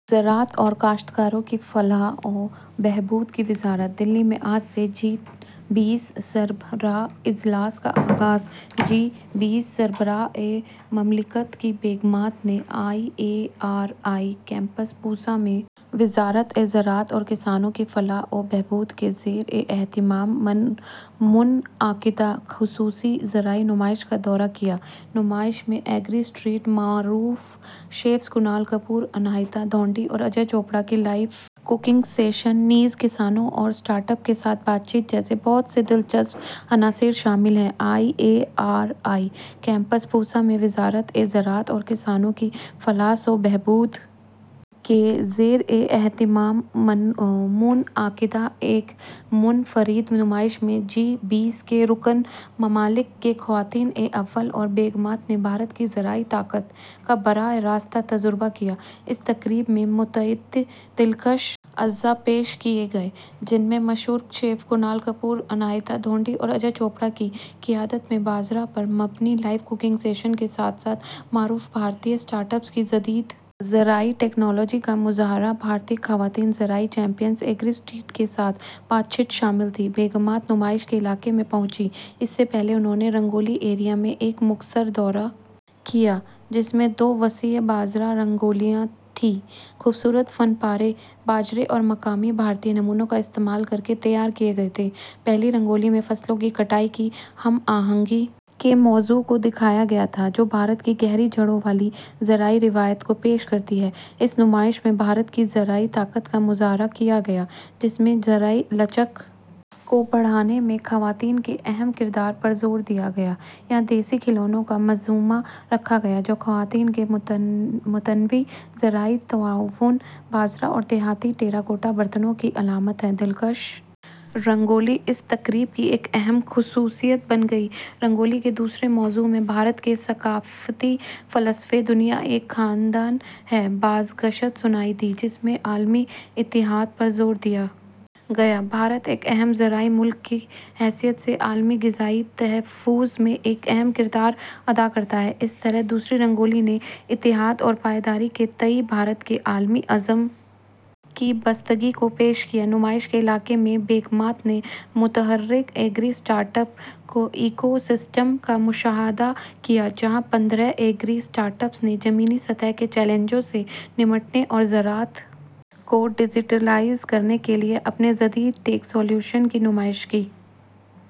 زراعت اور کاشتکاروں کی فلاح و بہبود کی وزارت دہلی میں آج سے جی بیس سربراہ اجلاس کا آغاز جی بیس سربراہان مملکت کی بیگمات نے I A R I campus Pusa میں وزارت زراعت اور کسانوں کی فلاح و بہبود کے زیر اہتمام منعقدہ خصوصی زرعی نمائش کا دورہ کیا نمائش میں ایگری اسٹریٹ معروف شیفز کنال کپور اناہیتا ڈھونڈی اور اجے چوپڑا کے لائیو ککنگ سیشن نیز کسانوں اور اسٹارٹ اپ کے ساتھ بات چیت جیسے بہت سے دلچسپ عناصر شامل ہیں I A R I campus Pusa میں وزارت زراعت اور کسانوں کی فلاح و بہبود کے زیر اہتمام منعقدہ ایک منفرد نمائش میں جی بیس کے رکن ممالک کی خواتین اول اور بیگمات نے بھارت کی زرعی طاقت کا براہ راست تجربہ کیا اس تقریب میں متعدد دلکش اجزا پیش کیے گئے جن میں مشہور شیف کنال کپور اناہیتا ڈھونڈی اور اجے چوپڑا کی قیادت میں باجرا پر مبنی لائیو ککنگ سیشن کے ساتھ ساتھ معروف بھارتی اسٹارٹ اپس کی جدید زرعی ٹکنالوجی کا مظاہرہ بھارتی خواتین زرعی چیمپیئنز ایگری اسٹریٹ کے ساتھ بات چیت شامل تھی بیگمات نمائش کے علاقے میں پہنچیں اس سے پہلے انہوں نے رنگولی ایریا میں ایک مختصر دورہ کیا جس میں دو وسیع باجرا رنگولیاں تھیں خوبصورت فن پارے باجرے اور مقامی بھارتی نمونوں کا استعمال کر کے تیار کیے گئے تھے پہلی رنگولی میں فصلوں کی کٹائی کی ہم آہنگی کے موضوع کو دکھایا گیا تھا جو بھارت کی گہری جڑوں والی زرعی روایات کو پیش کرتی ہے اس نمائش میں بھارت کی زرعی طاقت کا مظاہرہ کیا گیا جس میں زرعی لچک کو بڑھانے میں خواتین کے اہم کردار پر زور دیا گیا یہاں دیسی کھلونوں کا مجموعہ رکھا گیا جو خواتین کے متنوع زرعی تعاون باجرا اور دیہی ٹیراکوٹا برتنوں کی علامت ہے دلکش رنگولی اس تقریب کی ایک اہم خصوصیت بن گئی رنگولی کے دوسرے موضوع میں بھارت کے ثقافتی فلسفے دنیا ایک خاندان ہے کی بازگشت سنائی دی جس میں عالمی اتحاد پر زور دیا گیا بھارت ایک اہم زرعی ملک کی حیثیت سے عالمی غذائی تحفظ میں ایک اہم کردار ادا کرتا ہے اس طرح دوسری رنگولی نے اتحاد اور پائیداری کے تئیں بھارت کی عالمی عزم بستگی کو پیش کیا نمائش کے علاقے میں بیگمات نے متحرک agri startup ecosystem کا مشاہدہ کیا جہاں پندرہ ایگری اسٹارٹ اپس نے زمینی سطح کے چیلنجوں سے نمٹنے اور زراعت کو ڈیجیٹلائز کرنے کے لیے اپنے جدید ٹیک سلوشنز کی نمائش کی